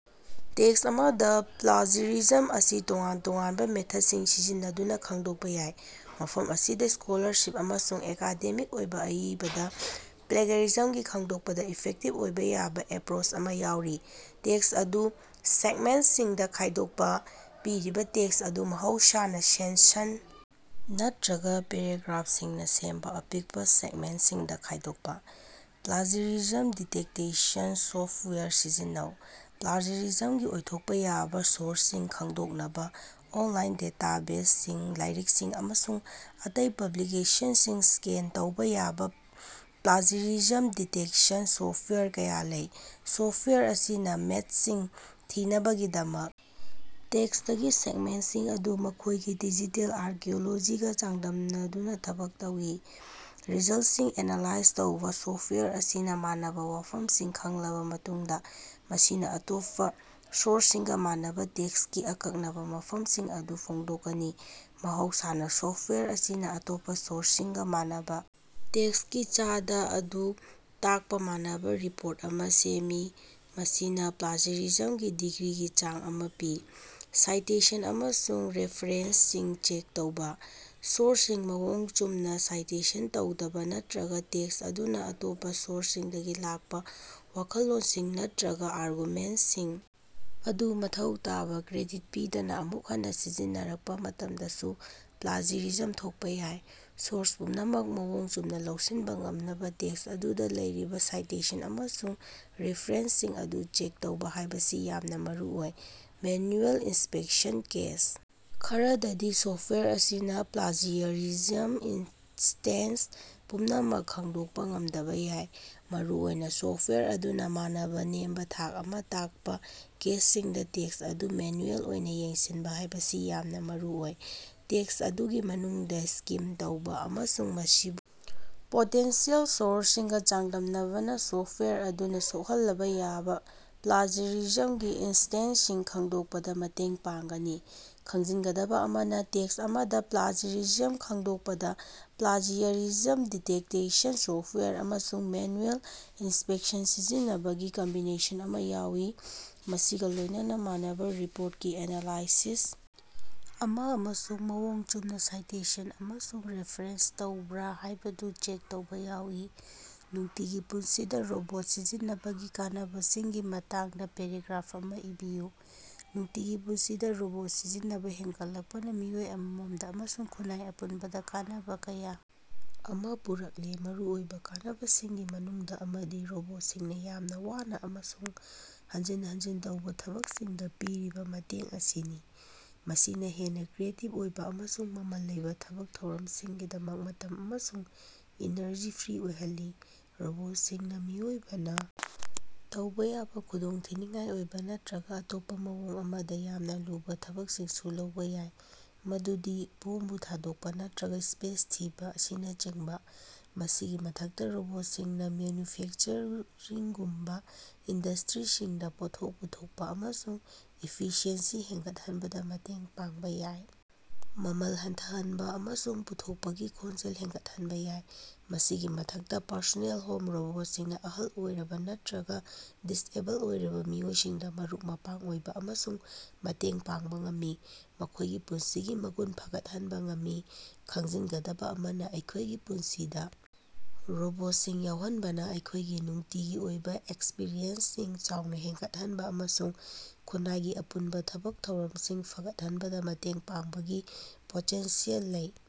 Tax ꯑꯃꯗ plagiarism ꯑꯁꯤ ꯇꯣꯉꯥꯟ-ꯇꯣꯉꯥꯟꯕ ꯃꯦꯊꯗꯁꯤꯡ ꯁꯤꯖꯤꯟꯅꯗꯨꯅ ꯈꯪꯗꯣꯛꯄ ꯌꯥꯏ꯫ ꯃꯐꯝ ꯑꯁꯤꯗ ꯁ꯭ꯀꯣꯂꯥꯔꯁꯤꯞ ꯑꯃꯁꯨꯡ ꯑꯦꯀꯥꯗꯦꯃꯤꯛ ꯑꯣꯏꯕ ꯑꯏꯕꯗ ꯄ꯭ꯂꯥꯖꯤꯌꯔꯤꯖꯝ ꯈꯪꯗꯣꯛꯄꯗ ꯏꯐꯦꯛꯇꯤꯕ ꯑꯣꯏꯕ ꯌꯥꯕ ꯑꯦꯄ꯭ꯔꯣꯆ ꯑꯃ ꯌꯥꯎꯔꯤ꯫ ꯇꯦꯛꯁ ꯑꯗꯨ ꯁꯦꯒꯃꯦꯟꯇꯁꯤꯡꯗ ꯈꯥꯏꯗꯣꯛꯄ: ꯄꯤꯔꯤꯕ ꯇꯦꯛꯁ ꯑꯗꯨ ꯃꯍꯧꯁꯥꯅ ꯁꯦꯟꯁꯟ ꯅꯠꯇ꯭ꯔꯒ ꯄꯦꯔꯥꯒ꯭ꯔꯥꯐꯁꯤꯡꯅ ꯁꯦꯝꯕ ꯑꯄꯤꯛꯄ ꯁꯦꯒꯃꯦꯟꯇꯁꯤꯡꯗ ꯈꯥꯏꯗꯣꯛꯄ꯫ ꯄ꯭ꯂꯥꯖꯤꯌꯔꯤꯖꯝ ꯗꯤꯇꯦꯛꯇꯦꯁꯟ ꯁꯣꯐꯇꯋꯥꯌꯔ ꯁꯤꯖꯤꯟꯅꯧ: ꯄ꯭ꯂꯥꯖꯤꯌꯔꯤꯖꯝꯒꯤ ꯑꯣꯏꯊꯣꯛꯄ ꯌꯥꯕ ꯁꯣꯔꯁꯁꯤꯡ ꯈꯪꯗꯣꯛꯅꯕ ꯑꯣꯟꯂꯥꯏꯟ ꯗꯦꯇꯥꯕꯦꯖꯁꯤꯡ, ꯂꯥꯏꯔꯤꯛꯁꯤꯡ ꯑꯃꯁꯨꯡ ꯑꯇꯩ ꯄꯕ꯭ꯂꯤꯀꯦꯁꯟꯁꯤꯡ ꯁ꯭ꯀꯦꯟ ꯇꯧꯕ ꯌꯥꯕ ꯄ꯭ꯂꯥꯖꯤꯌꯔꯤꯖꯝ ꯗꯤꯇꯦꯛꯁꯟ ꯁꯣꯐꯇꯋꯥꯌꯔ ꯀꯌꯥ ꯂꯩ꯫ ꯁꯣꯐ꯭ꯇꯋꯦꯌꯔ ꯑꯁꯤꯅ ꯃꯦꯆꯁꯤꯡ ꯊꯤꯅꯕꯒꯤꯗꯃꯛ ꯇꯦꯛꯁꯇꯒꯤ ꯁꯦꯒꯃꯦꯟꯇꯁꯤꯡ ꯑꯗꯨ ꯃꯈꯣꯏꯒꯤ ꯗꯤꯖꯤꯇꯦꯜ ꯑꯥꯔꯀꯤꯑꯣꯂꯣꯖꯤꯒ ꯆꯥꯡꯗꯝꯅꯗꯨꯅ ꯊꯕꯛ ꯇꯧꯏ꯫ ꯔꯤꯖꯜꯇꯁꯤꯡ ꯑꯦꯅꯥꯂꯥꯏꯖ ꯇꯧꯕ: ꯁꯣꯐꯋꯦꯌꯔ ꯑꯁꯤꯅ ꯃꯥꯟꯅꯕ ꯋꯥꯐꯝꯁꯤꯡ ꯈꯪꯂꯕ ꯃꯇꯨꯡꯗ, ꯃꯁꯤꯅ ꯑꯇꯣꯞꯄ ꯁꯣꯔꯁꯁꯤꯡꯒ ꯃꯥꯟꯅꯕ ꯇꯦꯛꯁꯀꯤ ꯑꯀꯛꯅꯕ ꯃꯐꯝꯁꯤꯡ ꯑꯗꯨ ꯐꯣꯡꯗꯣꯛꯀꯅꯤ꯫ ꯃꯍꯧꯁꯥꯅ ꯁꯣꯐꯇꯋꯥꯌꯔ ꯑꯁꯤꯅ ꯑꯇꯣꯞꯄ ꯁꯣꯔꯁꯁꯤꯡꯒ ꯃꯥꯟꯅꯕ ꯇꯦꯛꯁꯀꯤ ꯆꯥꯗ ꯑꯗꯨ ꯇꯥꯛꯄ ꯃꯥꯟꯅꯕ ꯔꯤꯄꯣꯔꯠ ꯑꯃ ꯁꯦꯝꯃꯤ, ꯃꯁꯤꯅ ꯄ꯭ꯂꯥꯖꯤꯌꯔꯤꯖꯝꯒꯤ ꯗꯤꯒ꯭ꯔꯤꯒꯤ ꯆꯥꯡ ꯑꯃ ꯄꯤ꯫ ꯁꯥꯏꯇꯦꯁꯟ ꯑꯃꯁꯨꯡ ꯔꯦꯐꯥꯔꯦꯟꯁꯁꯤꯡ ꯆꯦꯛ ꯇꯧꯕ: ꯁꯣꯔꯁꯁꯤꯡ ꯃꯑꯣꯡ ꯆꯨꯝꯅ ꯁꯥꯏꯇꯦꯁꯟ ꯇꯧꯗꯕ ꯅꯠꯇ꯭ꯔꯒ ꯇꯦꯛꯁ ꯑꯗꯨꯅ ꯑꯇꯣꯞꯄ ꯁꯣꯔꯁꯁꯤꯡꯗꯒꯤ ꯂꯥꯛꯄ ꯋꯥꯈꯜꯂꯣꯟꯁꯤꯡ ꯅꯠꯇ꯭ꯔꯒ ꯑꯥꯔꯒꯨꯃꯦꯟꯇꯁꯤꯡ ꯑꯗꯨ ꯃꯊꯧ ꯇꯥꯕ ꯀ꯭ꯔꯦꯗꯤꯠ ꯄꯤꯗꯅ ꯑꯃꯨꯛ ꯍꯟꯅ ꯁꯤꯖꯤꯟꯅꯔꯛꯄ ꯃꯇꯝꯗꯁꯨ ꯄ꯭ꯂꯥꯖꯤꯌꯔꯤꯖꯝ ꯊꯣꯛꯄ ꯌꯥꯏ꯫ ꯁꯣꯔꯁ ꯄꯨꯝꯅꯃꯛ ꯃꯑꯣꯡ ꯆꯨꯝꯅ ꯂꯧꯁꯤꯟꯕ ꯉꯝꯅꯕ ꯇꯦꯛꯁ ꯑꯗꯨꯗ ꯂꯩꯔꯤꯕ ꯁꯥꯏꯇꯦꯁꯟ ꯑꯃꯁꯨꯡ ꯔꯦꯐꯥꯔꯦꯟꯁꯁꯤꯡ ꯑꯗꯨ ꯆꯦꯛ ꯇꯧꯕ ꯍꯥꯏꯕꯁꯤ ꯌꯥꯝꯅ ꯃꯔꯨꯑꯣꯏ꯫ ꯃꯦꯅ꯭ꯌꯨꯑꯦꯜ ꯏꯟꯁꯄꯦꯛꯁꯟ: ꯀꯦꯁ ꯈꯔꯗꯗꯤ, ꯁꯣꯐꯇꯋꯥꯌꯔ ꯑꯁꯤꯅ ꯄ꯭ꯂꯥꯖꯤꯌꯔꯤꯖꯝꯒꯤ ꯏꯟꯁꯇꯦꯟꯁ ꯄꯨꯝꯅꯃꯛ ꯈꯪꯗꯣꯛꯄ ꯉꯝꯗꯕ ꯌꯥꯏ꯫ ꯃꯔꯨꯑꯣꯏꯅ ꯁꯣꯐꯇꯋꯥꯌꯔ ꯑꯗꯨꯅ ꯃꯥꯟꯅꯕ ꯅꯦꯝꯕꯥ ꯊꯥꯛ ꯑꯃ ꯇꯥꯛꯄ ꯀꯦꯁꯁꯤꯡꯗ ꯇꯦꯛꯁ ꯑꯗꯨ ꯃꯦꯅꯨꯑꯦꯜ ꯑꯣꯏꯅ ꯌꯦꯡꯁꯤꯟꯕ ꯍꯥꯏꯕꯁꯤ ꯌꯥꯝꯅ ꯃꯔꯨꯑꯣꯏ꯫ ꯇꯦꯛꯁꯠ ꯑꯗꯨꯒꯤ ꯃꯅꯨꯡꯗ ꯁ꯭ꯀꯤꯝ ꯇꯧꯕ ꯑꯃꯁꯨꯡ ꯃꯁꯤꯕꯨ ꯄꯣꯇꯦꯟꯁꯤꯑꯦꯜ ꯁꯣꯔꯁꯁꯤꯡꯒꯥ ꯆꯥꯡꯗꯝꯅꯕꯅ ꯁꯣꯐꯇꯋꯥꯌꯔ ꯑꯗꯨꯅ ꯁꯣꯛꯍꯜꯂꯕ ꯌꯥꯕ ꯄ꯭ꯂꯥꯖꯤꯌꯔꯤꯖꯝ ꯏꯟꯁ꯭ꯇꯦꯟꯁꯁꯤꯡ ꯈꯪꯗꯣꯛꯄꯗ ꯃꯇꯦꯡ ꯄꯥꯡꯒꯅꯤ꯫ ꯈꯪꯖꯤꯟꯒꯗꯕ ꯑꯃꯅ, ꯇꯦꯛꯁ ꯑꯃꯗ ꯄ꯭ꯂꯥꯖꯤꯌꯔꯤꯖꯝ ꯈꯪꯗꯣꯛꯄꯗ ꯄ꯭ꯂꯥꯖꯤꯌꯔꯤꯖꯝ ꯗꯤꯇꯦꯛꯇꯦꯁꯟ ꯁꯣꯐꯇꯋꯥꯌꯔ ꯑꯃꯁꯨꯡ ꯃꯦꯅꯨꯑꯦꯜ ꯏꯟꯁꯄꯦꯛꯁꯟ ꯁꯤꯖꯤꯟꯅꯕꯒꯤ ꯀꯝꯕꯤꯅꯦꯁꯟ ꯑꯃ ꯌꯥꯎꯏ, ꯃꯁꯤꯒ ꯂꯣꯏꯅꯅ ꯃꯥꯟꯅꯕ ꯔꯤꯄꯣꯔꯇꯀꯤ ꯑꯦꯅꯥꯂꯥꯏꯁꯤꯁ ꯑꯃ ꯑꯃꯁꯨꯡ ꯃꯑꯣꯡ ꯆꯨꯝꯅ ꯁꯥꯏꯇꯦꯁꯟ ꯑꯃꯁꯨꯡ ꯔꯦꯐꯥꯔꯦꯟꯁ ꯇꯧꯕ꯭ꯔꯥ ꯍꯥꯏꯕꯗꯨ ꯆꯦꯛ ꯇꯧꯕ ꯌꯥꯎꯏ꯫ ꯅꯨꯡꯇꯤꯒꯤ ꯄꯨꯟꯁꯤꯗ ꯔꯣꯕꯣꯠ ꯁꯤꯖꯤꯟꯅꯕꯒꯤ ꯀꯥꯟꯅꯕꯁꯤꯡꯒꯤ ꯃꯇꯥꯡꯗ ꯄꯦꯔꯥꯒ꯭ꯔꯥꯐ ꯑꯃ ꯏꯕꯤꯌꯨ꯫ ꯅꯨꯡꯇꯤꯒꯤ ꯄꯨꯟꯁꯤꯗ ꯔꯣꯕꯣꯠ ꯁꯤꯖꯤꯟꯅꯕ ꯍꯦꯟꯒꯠꯂꯛꯄꯅ ꯃꯤꯑꯣꯏ ꯑꯃꯃꯝꯗ ꯑꯃꯁꯨꯡ ꯈꯨꯟꯅꯥꯏ ꯑꯄꯨꯟꯕꯗ ꯀꯥꯟꯅꯕ ꯀꯌꯥ ꯑꯃ ꯄꯨꯔꯛꯂꯦ꯫ ꯃꯔꯨꯑꯣꯏꯕ ꯀꯥꯟꯅꯕꯁꯤꯡꯒꯤ ꯃꯅꯨꯡꯗ ꯑꯃꯗꯤ ꯔꯣꯕꯣꯠꯁꯤꯡꯅ ꯌꯥꯝꯅ ꯋꯥꯅ ꯑꯃꯁꯨꯡ ꯍꯟꯖꯤꯟ ꯍꯟꯖꯤꯟ ꯇꯧꯕ ꯊꯕꯛꯁꯤꯡꯗ ꯄꯤꯔꯤꯕ ꯃꯇꯦꯡ ꯑꯁꯤꯅꯤ, ꯃꯁꯤꯅ ꯍꯦꯟꯅ ꯀ꯭ꯔꯤꯌꯦꯇꯤꯕ ꯑꯣꯏꯕ ꯑꯃꯁꯨꯡ ꯃꯃꯜ ꯂꯩꯕ ꯊꯕꯛ ꯊꯧꯔꯝꯁꯤꯡꯒꯤꯗꯃꯛ ꯃꯇꯝ ꯑꯃꯁꯨꯡ ꯏꯅꯔꯖꯤ ꯐ꯭ꯔꯤ ꯑꯣꯏꯍꯜꯂꯤ꯫ ꯔꯣꯕꯣꯠꯁꯤꯡꯅ ꯃꯤꯑꯣꯏꯕꯅ ꯇꯧꯕ ꯌꯥꯕ ꯈꯨꯗꯣꯡꯊꯤꯅꯤꯡꯉꯥꯏ ꯑꯣꯏꯕ ꯅꯠꯇ꯭ꯔꯒ ꯑꯇꯣꯞꯄ ꯃꯑꯣꯡ ꯑꯃꯗ ꯌꯥꯝꯅ ꯂꯨꯕ ꯊꯕꯛꯁꯤꯡꯁꯨ ꯂꯧꯕ ꯌꯥꯏ, ꯃꯗꯨꯗꯤ ꯕꯣꯝꯕꯨ ꯊꯥꯗꯣꯛꯄ ꯅꯠꯇ꯭ꯔꯒꯥ ꯁ꯭ꯄꯦꯁ ꯊꯤꯕ ꯑꯁꯤꯅꯆꯤꯡꯕ꯫ ꯃꯁꯤꯒꯤ ꯃꯊꯛꯇ, ꯔꯣꯕꯣꯠꯁꯤꯡꯅ ꯃꯦꯅ꯭ꯌꯨꯐꯦꯛꯆꯔꯤꯡꯒꯨꯝꯕ ꯏꯟꯗꯁꯇ꯭ꯔꯤꯁꯤꯡꯗ ꯄꯣꯠꯊꯣꯛ ꯄꯨꯊꯣꯛꯄ ꯑꯃꯁꯨꯡ ꯏꯐꯤꯁꯤꯑꯦꯟꯁꯤ ꯍꯦꯟꯒꯠꯍꯟꯕꯗ ꯃꯇꯦꯡ ꯄꯥꯡꯕ ꯌꯥꯏ, ꯃꯃꯜ ꯍꯟꯊꯍꯟꯕꯥ ꯑꯃꯁꯨꯡ ꯄꯨꯊꯣꯛꯄꯒꯤ ꯈꯣꯡꯖꯦꯜ ꯍꯦꯟꯒꯠꯍꯟꯕ ꯌꯥꯏ꯫ ꯃꯁꯤꯒꯤ ꯃꯊꯛꯇ, ꯄꯔꯁꯣꯅꯦꯜ ꯍꯣꯝ ꯔꯣꯕꯣꯠꯁꯤꯡꯅ ꯑꯍꯜ ꯑꯣꯏꯔꯕ ꯅꯠꯇ꯭ꯔꯒ ꯗꯤꯁꯑꯦꯕꯜ ꯑꯣꯏꯔꯕ ꯃꯤꯑꯣꯏꯁꯤꯡꯗ ꯃꯔꯨꯞ-ꯃꯄꯥꯡ ꯑꯣꯏꯕ ꯑꯃꯁꯨꯡ ꯃꯇꯦꯡ ꯄꯥꯡꯕ ꯉꯝꯃꯤ, ꯃꯈꯣꯏꯒꯤ ꯄꯨꯟꯁꯤꯒꯤ ꯃꯒꯨꯟ ꯐꯒꯠꯍꯟꯕ ꯉꯝꯃꯤ꯫ ꯈꯪꯖꯤꯟꯒꯗꯕ ꯑꯃꯅ, ꯑꯩꯈꯣꯏꯒꯤ ꯄꯨꯟꯁꯤꯗ ꯔꯣꯕꯣꯠꯁꯤꯡ ꯌꯥꯎꯍꯟꯕꯅ ꯑꯩꯈꯣꯏꯒꯤ ꯅꯨꯡꯇꯤꯒꯤ ꯑꯣꯏꯕ ꯑꯦꯛꯁꯄꯔꯤꯌꯦꯟꯁꯁꯤꯡ ꯆꯥꯎꯅ ꯍꯦꯟꯒꯠꯍꯟꯕ ꯑꯃꯁꯨꯡ ꯈꯨꯟꯅꯥꯏꯒꯤ ꯑꯄꯨꯟꯕ ꯊꯕꯛ ꯊꯧꯔꯝꯁꯤꯡ ꯐꯒꯠꯍꯟꯕꯗ ꯃꯇꯦꯡ ꯄꯥꯡꯕꯒꯤ ꯄꯣꯇꯦꯟꯁꯤꯌꯦꯜ ꯂꯩ꯫